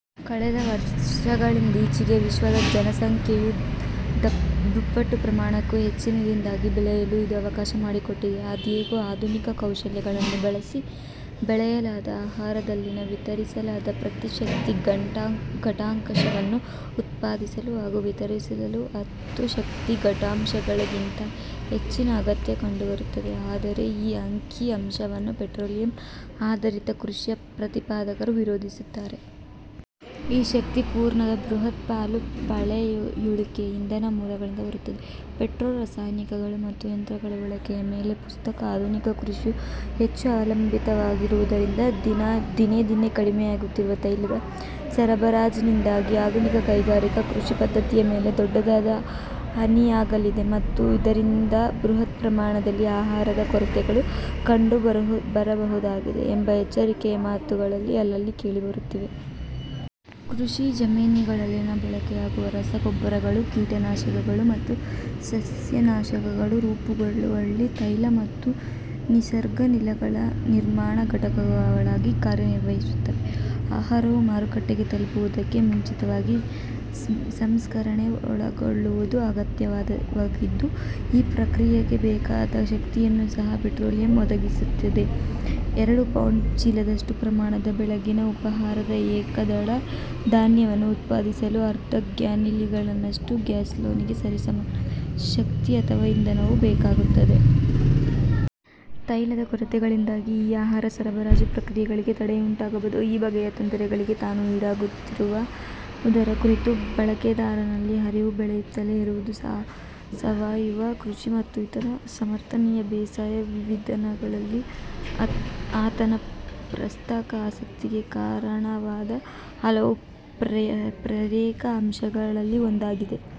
ಕಳೆದ ವರ್ಷಗಳಿಂದೀಚೆಗೆ ವಿಶ್ವದ ಜನಸಂಖ್ಯೆ ಯು ದುಪ್ಪಟ್ಟು ಪ್ರಮಾಣಕ್ಕೂ ಹೆಚ್ಚಿನದಾಗಿ ಬೆಳೆಯಲು ಇದು ಅವಕಾಶಮಾಡಿಕೊಟ್ಟಿದೆ. ಆದಾಗ್ಯೂ, ಆಧುನಿಕ ಕೌಶಲಗಳನ್ನು ಬಳಸಿ ಬೆಳೆಯಲಾದ ಆಹಾರದಲ್ಲಿನ ವಿತರಿಸಲಾದ ಪ್ರತಿ ಶಕ್ತಿ ಘಟಕಾಂಶವನ್ನು ಉತ್ಪಾದಿಸಲು ಹಾಗೂ ವಿತರಿಸಲು ಹತ್ತು ಶಕ್ತಿ ಘಟಕಾಂಶಗಳಿಗಿಂತ ಹೆಚ್ಚಿನ ಅಗತ್ಯತೆ ಕಂಡುಬರುತ್ತದೆ. ಆದರೆ ಈ ಅಂಕಿ-ಅಂಶವನ್ನು ಪೆಟ್ರೋಲಿಯಮ್ -ಆಧರಿತ ಕೃಷಿಯ ಪ್ರತಿಪಾದಕರು ವಿರೋಧಿಸುತ್ತಾರೆ. ಈ ಶಕ್ತಿ ಪೂರಣದ ಬೃಹತ್ ಪಾಲು ಪಳೆಯುಳಿಕೆ ಇಂಧನ ಮೂಲಗಳಿಂದ ಬರುತ್ತದೆ. ಪೆಟ್ರೋ-ರಾಸಾಯನಿಕಗಳು ಮತ್ತು ಯಂತ್ರಗಳ ಬಳಕೆಯ ಮೇಲೆ ಪ್ರಸಕ್ತ ಆಧುನಿಕ ಕೃಷಿಯು ಹೆಚ್ಚು ಅವಲಂಬಿತವಾಗಿರುವುದರಿಂದ, ದಿನೇ ದಿನೇ ಕಡಿಮೆಯಾಗುತ್ತಿರುವ ತೈಲದ ಸರಬರಾಜಿನಿಂದಾಗಿ ಆಧುನಿಕ ಕೈಗಾರಿಕಾ ಕೃಷಿಪದ್ಧತಿಯ ಮೇಲೆ ದೊಡ್ಡದಾದ ಹಾನಿಯಾಗಲಿದೆ, ಮತ್ತು ಇದರಿಂದಾಗಿ ಬೃಹತ್ ಪ್ರಮಾಣದಲ್ಲಿ ಆಹಾರದ ಕೊರತೆಗಳು ಕಂಡುಬರಬಹುದಾಗಿದೆ ಎಂಬ ಎಚ್ಚರಿಕೆಯ ಮಾತುಗಳು ಅಲ್ಲಲ್ಲಿ ಕೇಳಿಬರುತ್ತಿವೆ. ಕೃಷಿ ಜಮೀನಿನಲ್ಲಿ ಬಳಕೆಯಾಗುವ ರಸಗೊಬ್ಬರಗಳು, ಕೀಟನಾಶಕಗಳು ಮತ್ತು ಸಸ್ಯನಾಶಕಗಳು ರೂಪುಗೊಳ್ಳುವಲ್ಲಿ ತೈಲ ಮತ್ತು ನಿಸರ್ಗಾನಿಲಗಳು ನಿರ್ಮಾಣ ಘಟಕಗಳಾಗಿ ಕಾರ್ಯನಿರ್ವಹಿಸುತ್ತವೆ. ಆಹಾರವು ಮಾರುಕಟ್ಟೆಗೆ ತಲುಪುವುದಕ್ಕೆ ಮುಂಚಿತವಾಗಿ ಸಂಸ್ಕರಣೆಗೆ ಒಳಗೊಳ್ಳುವುದು ಅಗತ್ಯವಾಗಿದ್ದು, ಈ ಪ್ರಕ್ರಿಯೆಗೆ ಬೇಕಾದ ಶಕ್ತಿಯನ್ನೂ ಸಹ ಪೆಟ್ರೋಲಿಯಂ ಒದಗಿಸುತ್ತದೆ. ಎರಡು-ಪೌಂಡ್ ಚೀಲದಷ್ಟು ಪ್ರಮಾಣದ ಬೆಳಗಿನ ಉಪಹಾರದ ಏಕದಳ ಧಾನ್ಯವನ್ನು ಉತ್ಪಾದಿಸಲು ಅರ್ಧ-ಗ್ಯಾಲನ್ನಿನಷ್ಟು ಗ್ಯಾಸೋಲೀನ್ಗೆ ಸರಿಸಮನಾದ ಶಕ್ತಿ ಅಥವಾ ಇಂಧನವು ಬೇಕಾಗುತ್ತದೆ. ತೈಲದ ಕೊರತೆಗಳಿಂದಾಗಿ ಈ ಆಹಾರ ಸರಬರಾಜು ಪ್ರಕ್ರಿಯೆಗಳಿಗೆ ತಡೆಯುಂಟಾಗಬಹುದು. ಈ ಬಗೆಯ ತೊಂದರೆಗಳಿಗೆ ತಾನು ಈಡಾಗುತ್ತಿರುವುದರ ಕುರಿತು ಬಳಕೆದಾರನಲ್ಲಿ ಅರಿವು ಬೆಳೆಯುತ್ತಲೇ ಇರುವುದು, ಸಾವಯವ ಕೃಷಿ ಮತ್ತು ಇತರ ಸಮರ್ಥನೀಯ ಬೇಸಾಯ ವಿಧಾನಗಳಲ್ಲಿ ಆತನ ಪ್ರಸಕ್ತ ಆಸಕ್ತಿಗೆ ಕಾರಣವಾದ ಹಲವು ಪ್ರೇರಕ ಅಂಶಗಳಲ್ಲಿ ಒಂದಾಗಿದೆ.